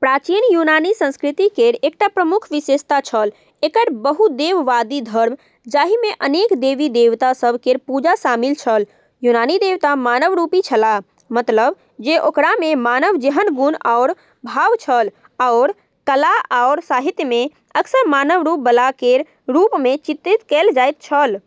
प्राचीन यूनानी संस्कृति केर एकटा प्रमुख विशेषता छल एकर बहुदेववादी धर्म, जाहि मे अनेक देवी-देवता सभ केर पूजा शामिल छल। यूनानी देवता मानवरूपी छलाह, मतलब जे ओकरा मे मानव जेहन गुण आओर भाव छल, आओर कला आओर साहित्य मे अक्सर मानव रूप बला केर रूप मे चित्रित कएल जाइत छल।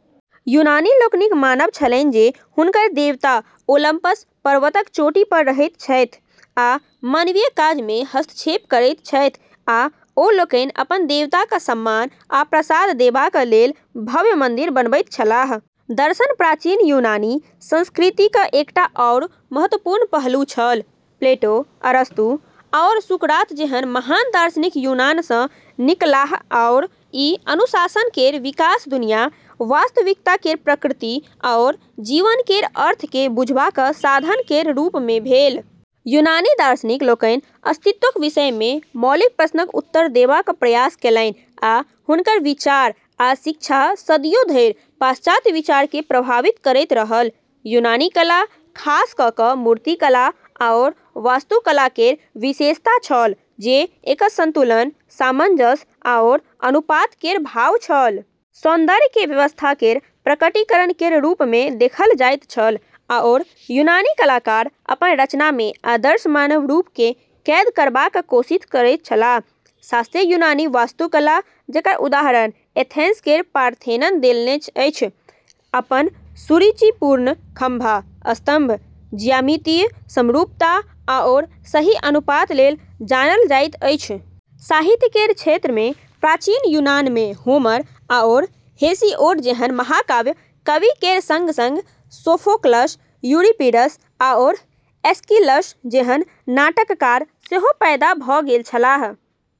यूनानी लोकनिक मानब छलनि जे हुनकर देवता ओलंपस पर्वतक चोटी पर रहैत छथि आ मानवीय काज मे हस्तक्षेप करैत छथि, आ ओ लोकनि अपन देवताक सम्मान आ प्रसाद देबाक लेल भव्य मंदिर बनबैत छलाह। दर्शन प्राचीन यूनानी संस्कृतिक एकटा आओर महत्वपूर्ण पहलू छल। प्लेटो, अरस्तू, आओर सुकरात जेहन महान दार्शनिक यूनान सँ निकलाह आओर ई अनुशासन केर विकास दुनिया, वास्तविकता केर प्रकृति आओर जीवन केर अर्थ केँ बुझबाक साधन केर रूप मे भेल। यूनानी दार्शनिक लोकनि अस्तित्वक विषय मे मौलिक प्रश्नक उत्तर देबाक प्रयास केलनि आ हुनकर विचार आ शिक्षा सदियो धरि पाश्चात्य विचार केँ प्रभावित करैत रहल। यूनानी कला, खास कऽ कऽ मूर्तिकला आओर वास्तुकला केर विशेषता छल जे एकर संतुलन, सामंजस्य आओर अनुपात केर भाव छल। सौन्दर्य केँ व्यवस्था केर प्रकटीकरण केर रूप मे देखल जाइत छल, आओर यूनानी कलाकार अपन रचना मे आदर्श मानव रूप केँ कैद करबाक कोशिश करैत छलाह। शास्त्रीय यूनानी वास्तुकला, जेकर उदाहरण एथेंस केर पार्थेनन देलने अछि, अपन सुरुचिपूर्ण खंभा (स्तंभ), ज्यामितीय समरूपता आओर सही अनुपात लेल जानल जाइत अछि। साहित्य केर क्षेत्र मे प्राचीन यूनान मे होमर आओर हेसिओड जेहन महाकाव्य कवि केर संग-संग सोफोक्लस, यूरिपिडस, आओर एस्किलस जेहन नाटककार सेहो पैदा भऽ गेल छलाह।